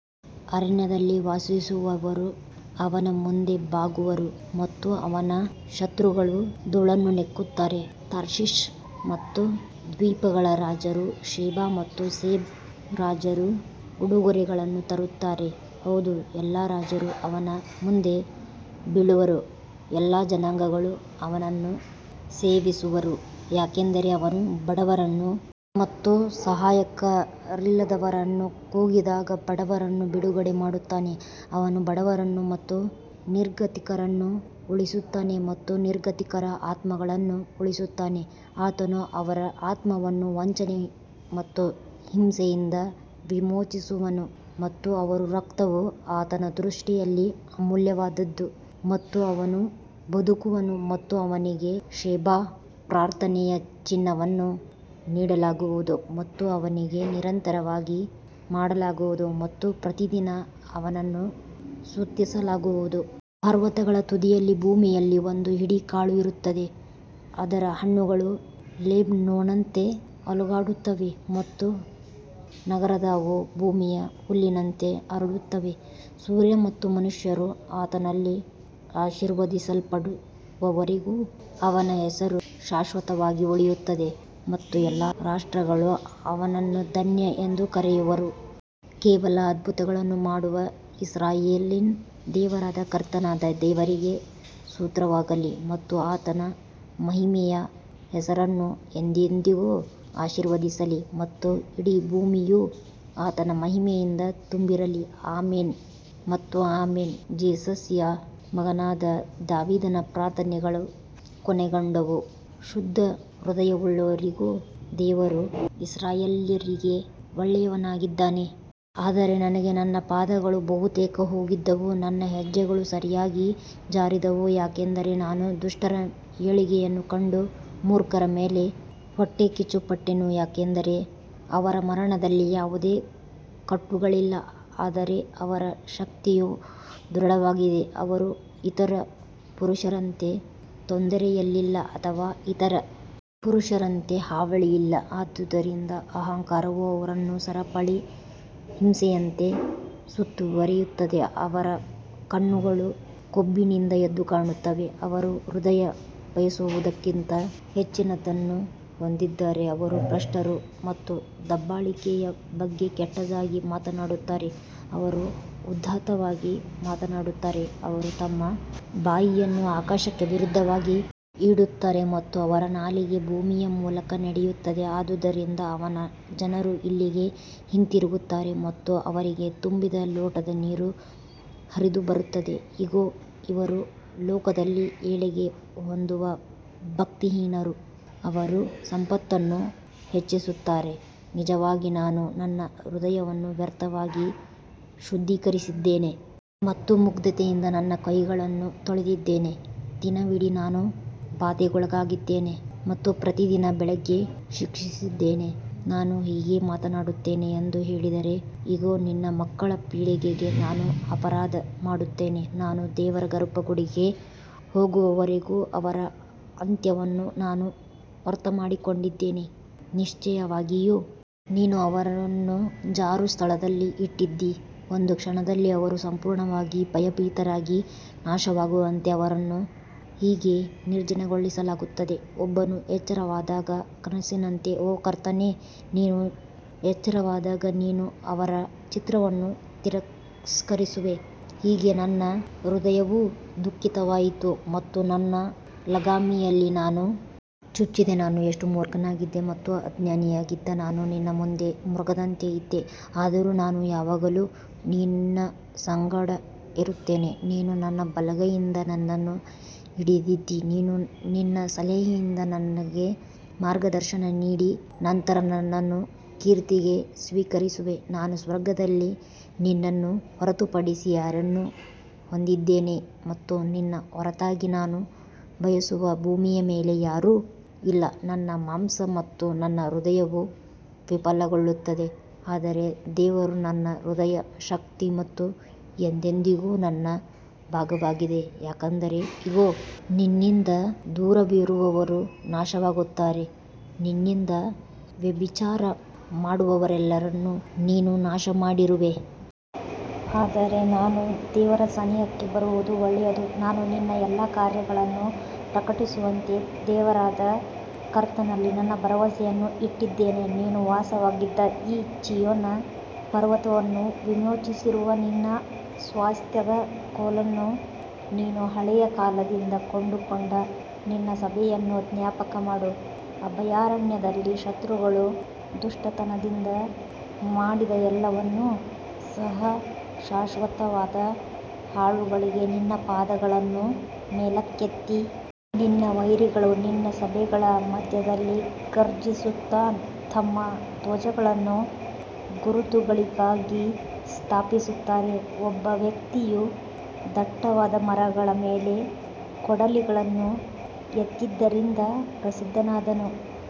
ಅರಣ್ಯದಲ್ಲಿ ವಾಸಿಸುವವರು ಅವನ ಮುಂದೆ ಬಾಗುವರು ಮತ್ತು ಅವನ ಶತ್ರುಗಳು ಧೂಳನ್ನು ನೆಕ್ಕುತ್ತಾರೆ ತಾರ್ಷೀಷ್ ಮತ್ತು ದ್ವೀಪಗಳ ರಾಜರು ಶೆಬಾ ಮತ್ತು ಸೇಬ ರಾಜರು ಉಡುಗೊರೆಗಳನ್ನು ತರುತ್ತಾರೆ. ಹೌದು, ಎಲ್ಲಾ ರಾಜರು ಅವನ ಮುಂದೆ ಬೀಳುವರು, ಎಲ್ಲಾ ಜನಾಂಗಗಳು ಅವನನ್ನು ಸೇವಿಸುವರು ಯಾಕಂದರೆ ಅವನು ಬಡವರನ್ನು ಮತ್ತು ಸಹಾಯಕರಿಲ್ಲದವರನ್ನು ಕೂಗಿದಾಗ ಬಡವರನ್ನು ಬಿಡುಗಡೆ ಮಾಡುತ್ತಾನೆ ಅವನು ಬಡವರನ್ನು ಮತ್ತು ನಿರ್ಗತಿಕರನ್ನು ಉಳಿಸುತ್ತಾನೆ ಮತ್ತು ನಿರ್ಗತಿಕರ ಆತ್ಮಗಳನ್ನು ಉಳಿಸುತ್ತಾನೆ ಆತನು ಅವರ ಆತ್ಮವನ್ನು ವಂಚನೆ ಮತ್ತು ಹಿಂಸೆಯಿಂದ ವಿಮೋಚಿಸುವನು ಮತ್ತು ಅವರ ರಕ್ತವು ಆತನ ದೃಷ್ಟಿಯಲ್ಲಿ ಅಮೂಲ್ಯವಾದುದು ಮತ್ತು ಅವನು ಬದುಕುವನು ಮತ್ತು ಅವನಿಗೆ ಶೆಬಾ ಪ್ರಾರ್ಥನೆಯ ಚಿನ್ನವನ್ನು ನೀಡಲಾಗುವುದು ಮತ್ತು ಅವನಿಗೆ ನಿರಂತರವಾಗಿ ಮಾಡಲಾಗುವುದು ಮತ್ತು ಪ್ರತಿದಿನ ಅವನನ್ನು ಸ್ತುತಿಸಲಾಗುವುದು. ಪರ್ವತಗಳ ತುದಿಯಲ್ಲಿ ಭೂಮಿಯಲ್ಲಿ ಒಂದು ಹಿಡಿ ಕಾಳು ಇರುತ್ತದೆ, ಅದರ ಹಣ್ಣುಗಳು ಲೆಬನೋನ್ನಂತೆ ಅಲುಗಾಡುತ್ತವೆ ಮತ್ತು ನಗರದ ಅವು ಭೂಮಿಯ ಹುಲ್ಲಿನಂತೆ ಅರಳುತ್ತವೆ. ಸೂರ್ಯ ಮತ್ತು ಮನುಷ್ಯರು ಆತನಲ್ಲಿ ಆಶೀರ್ವದಿಸಲ್ಪಡುವವರೆಗೂ ಅವನ ಹೆಸರು ಶಾಶ್ವತವಾಗಿ ಉಳಿಯುತ್ತದೆ ಮತ್ತು ಎಲ್ಲಾ ರಾಷ್ಟ್ರಗಳು ಅವನನ್ನು ಧನ್ಯ ಎಂದು ಕರೆಯುವರು ಕೇವಲ ಅದ್ಭುತಗಳನ್ನು ಮಾಡುವ ಇಸ್ರಾಯೇಲಿನ ದೇವರಾದ ಕರ್ತನಾದ ದೇವರಿಗೆ ಸ್ತೋತ್ರವಾಗಲಿ ಮತ್ತು ಆತನ ಮಹಿಮೆಯ ಹೆಸರನ್ನು ಎಂದೆಂದಿಗೂ ಆಶೀರ್ವದಿಸಲಿ ಮತ್ತು ಇಡೀ ಭೂಮಿಯು ಆತನ ಮಹಿಮೆಯಿಂದ ತುಂಬಿರಲಿ ಆಮೆನ್ ಮತ್ತು ಆಮೆನ್ ಜೆಸ್ಸೆಯ ಮಗನಾದ ದಾವೀದನ ಪ್ರಾರ್ಥನೆಗಳು ಕೊನೆಗೊಂಡವು ಶುದ್ಧ ಹೃದಯವುಳ್ಳವರಿಗೂ ದೇವರು ಇಸ್ರಾಯೇಲ್ಯರಿಗೆ ಒಳ್ಳೆಯವನಾಗಿದ್ದಾನೆ ಆದರೆ ನನಗೆ ನನ್ನ ಪಾದಗಳು ಬಹುತೇಕ ಹೋಗಿದ್ದವು, ನನ್ನ ಹೆಜ್ಜೆಗಳು ಸರಿಯಾಗಿ ಜಾರಿದವು ಯಾಕಂದರೆ ನಾನು ದುಷ್ಟರ ಏಳಿಗೆಯನ್ನು ಕಂಡು ಮೂರ್ಖರ ಮೇಲೆ ಹೊಟ್ಟೆಕಿಚ್ಚುಪಟ್ಟೆನು ಯಾಕಂದರೆ ಅವರ ಮರಣದಲ್ಲಿ ಯಾವುದೇ ಕಟ್ಟುಗಳಿಲ್ಲ ಆದರೆ ಅವರ ಶಕ್ತಿಯು ದೃಢವಾಗಿದೆ ಅವರು ಇತರ ಪುರುಷರಂತೆ ತೊಂದರೆಯಲ್ಲಿಲ್ಲ ಅಥವಾ ಇತರ ಪುರುಷರಂತೆ ಹಾವಳಿಯಿಲ್ಲ ಆದದರಿಂದ ಅಹಂಕಾರವು ಅವರನ್ನು ಸರಪಳಿ ಹಿಂಸೆಯಂತೆ ಸುತ್ತುವರಿಯುತ್ತದೆ ಅವರ ಕಣ್ಣುಗಳು ಕೊಬ್ಬಿನಿಂದ ಎದ್ದು ಕಾಣುತ್ತವೆ, ಅವರು ಹೃದಯ ಬಯಸುವುದಕ್ಕಿಂತ ಹೆಚ್ಚಿನದನ್ನು ಹೊಂದಿದ್ದಾರೆ ಅವರು ಭ್ರಷ್ಟರು ಮತ್ತು ದಬ್ಬಾಳಿಕೆಯ ಬಗ್ಗೆ ಕೆಟ್ಟದಾಗಿ ಮಾತನಾಡುತ್ತಾರೆ ಅವರು ಉದಾತ್ತವಾಗಿ ಮಾತನಾಡುತ್ತಾರೆ ಅವರು ತಮ್ಮ ಬಾಯಿಯನ್ನು ಆಕಾಶಕ್ಕೆ ವಿರುದ್ಧವಾಗಿ ಇಡುತ್ತಾರೆ ಮತ್ತು ಅವರ ನಾಲಿಗೆ ಭೂಮಿಯ ಮೂಲಕ ನಡೆಯುತ್ತದೆ ಆದುದರಿಂದ ಅವನ ಜನರು ಇಲ್ಲಿಗೆ ಹಿಂತಿರುಗುತ್ತಾರೆ ಮತ್ತು ಅವರಿಗೆ ತುಂಬಿದ ಲೋಟದ ನೀರು ಹರಿದುಬರುತ್ತದೆ ಇಗೋ ಇವರು ಲೋಕದಲ್ಲಿ ಏಳಿಗೆ ಹೊಂದುವ ಭಕ್ತಿಹೀನರು ಅವರು ಸಂಪತ್ತನ್ನು ಹೆಚ್ಚಿಸುತ್ತಾರೆ ನಿಜವಾಗಿ ನಾನು ನನ್ನ ಹೃದಯವನ್ನು ವ್ಯರ್ಥವಾಗಿ ಶುದ್ಧೀಕರಿಸಿದ್ದೇನೆ ಮತ್ತು ಮುಗ್ಧತೆಯಿಂದ ನನ್ನ ಕೈಗಳನ್ನು ತೊಳೆದಿದ್ದೇನೆ ದಿನವಿಡೀ ನಾನು ಬಾಧೆಗೊಳಗಾಗಿದ್ದೇನೆ ಮತ್ತು ಪ್ರತಿದಿನ ಬೆಳಿಗ್ಗೆ ಶಿಕ್ಷಿಸಿದ್ದೇನೆ ನಾನು ಹೀಗೆ ಮಾತನಾಡುತ್ತೇನೆ ಎಂದು ಹೇಳಿದರೆ ಇಗೋ, ನಿನ್ನ ಮಕ್ಕಳ ಪೀಳಿಗೆಗೆ ನಾನು ಅಪರಾಧ ಮಾಡುತ್ತೇನೆ ನಾನು ದೇವರ ಗರ್ಭಗುಡಿಗೆ ಹೋಗುವವರೆಗೂ ಅವರ ಅಂತ್ಯವನ್ನು ನಾನು ಅರ್ಥಮಾಡಿಕೊಂಡಿದ್ದೇನೆ ನಿಶ್ಚಯವಾಗಿಯೂ ನೀನು ಅವರನ್ನು ಜಾರು ಸ್ಥಳಗಳಲ್ಲಿ ಇಟ್ಟಿದ್ದೀ ಒಂದು ಕ್ಷಣದಲ್ಲಿ ಅವರು ಸಂಪೂರ್ಣವಾಗಿ ಭಯಭೀತರಾಗಿ ನಾಶವಾಗುವಂತೆ ಅವರನ್ನು ಹೇಗೆ ನಿರ್ಜನಗೊಳಿಸಲಾಗುತ್ತದೆ ಒಬ್ಬನು ಎಚ್ಚರವಾದಾಗ ಕನಸಿನಂತೆ ಓ ಕರ್ತನೇ, ನೀನು ಎಚ್ಚರವಾದಾಗ ನೀನು ಅವರ ಚಿತ್ರವನ್ನು ತಿರಸ್ಕರಿಸುವೆ ಹೀಗೆ ನನ್ನ ಹೃದಯವು ದುಃಖಿತವಾಯಿತು ಮತ್ತು ನನ್ನ ಲಗಾಮಿಯಲ್ಲಿ ನಾನು ಚುಚ್ಚಿದೆ ನಾನು ಎಷ್ಟು ಮೂರ್ಖನಾಗಿದ್ದೆ ಮತ್ತು ಅಜ್ಞಾನಿಯಾಗಿದ್ದ ನಾನು ನಿನ್ನ ಮುಂದೆ ಮೃಗದಂತೆ ಇದ್ದೆ ಆದರೂ ನಾನು ಯಾವಾಗಲೂ ನಿನ್ನ ಸಂಗಡ ಇರುತ್ತೇನೆ ನೀನು ನನ್ನ ಬಲಗೈಯಿಂದ ನನ್ನನ್ನು ಹಿಡಿದಿದ್ದೀ ನೀನು ನಿನ್ನ ಸಲಹೆಯಿಂದ ನನಗೆ ಮಾರ್ಗದರ್ಶನ ನೀಡಿ ನಂತರ ನನ್ನನ್ನು ಕೀರ್ತಿಗೆ ಸ್ವೀಕರಿಸುವೆ ನಾನು ಸ್ವರ್ಗದಲ್ಲಿ ನಿನ್ನನ್ನು ಹೊರತುಪಡಿಸಿ ಯಾರನ್ನು ಹೊಂದಿದ್ದೇನೆ ಮತ್ತು ನಿನ್ನ ಹೊರತಾಗಿ ನಾನು ಬಯಸುವ ಭೂಮಿಯ ಮೇಲೆ ಯಾರೂ ಇಲ್ಲ ನನ್ನ ಮಾಂಸ ಮತ್ತು ನನ್ನ ಹೃದಯವು ವಿಫಲಗೊಳ್ಳುತ್ತದೆ ಆದರೆ ದೇವರು ನನ್ನ ಹೃದಯದ ಶಕ್ತಿ ಮತ್ತು ಎಂದೆಂದಿಗೂ ನನ್ನ ಭಾಗವಾಗಿದೆ ಯಾಕಂದರೆ ಇಗೋ, ನಿನ್ನಿಂದ ದೂರವಿರುವವರು ನಾಶವಾಗುತ್ತಾರೆ, ನಿನ್ನಿಂದ ವ್ಯಭಿಚಾರ ಮಾಡುವವರೆಲ್ಲರನ್ನು ನೀನು ನಾಶಮಾಡಿರುವೆ. ಆದರೆ ನಾನು ದೇವರ ಸನಿಹಕ್ಕೆ ಬರುವುದು ಒಳ್ಳೆಯದು, ನಾನು ನಿನ್ನ ಎಲ್ಲಾ ಕಾರ್ಯಗಳನ್ನು ಪ್ರಕಟಿಸುವಂತೆ ದೇವರಾದ ಕರ್ತನಲ್ಲಿ ನನ್ನ ಭರವಸೆಯನ್ನು ಇಟ್ಟಿದ್ದೇನೆ. ನೀನು ವಾಸವಾಗಿದ್ದ ಈ ಚೀಯೋನ್ ಪರ್ವತವನ್ನು ವಿಮೋಚಿಸಿರುವ ನಿನ್ನ ಸ್ವಾಸ್ತ್ಯದ ಕೋಲನ್ನು ನೀನು ಹಳೆಯ ಕಾಲದಿಂದ ಕೊಂಡುಕೊಂಡ ನಿನ್ನ ಸಭೆಯನ್ನು ಜ್ಞಾಪಕಮಾಡು. ಅಭಯಾರಣ್ಯದಲ್ಲಿ ಶತ್ರುಗಳು ದುಷ್ಟತನದಿಂದ ಮಾಡಿದ ಎಲ್ಲವನ್ನು ಸಹ ಶಾಶ್ವತವಾದ ಹಾಳುಗಳಿಗೆ ನಿನ್ನ ಪಾದಗಳನ್ನು ಮೇಲಕ್ಕೆತ್ತಿ. ನಿನ್ನ ವೈರಿಗಳು ನಿನ್ನ ಸಭೆಗಳ ಮಧ್ಯದಲ್ಲಿ ಘರ್ಜಿಸುತ್ತಾ ತಮ್ಮ ಧ್ವಜಗಳನ್ನು ಗುರುತುಗಳಿಗಾಗಿ ಸ್ಥಾಪಿಸುತ್ತಾರೆ ಒಬ್ಬ ವ್ಯಕ್ತಿಯು ದಟ್ಟವಾದ ಮರಗಳ ಮೇಲೆ ಕೊಡಲಿಗಳನ್ನು ಎತ್ತಿದ್ದರಿಂದ ಪ್ರಸಿದ್ಧನಾದನು.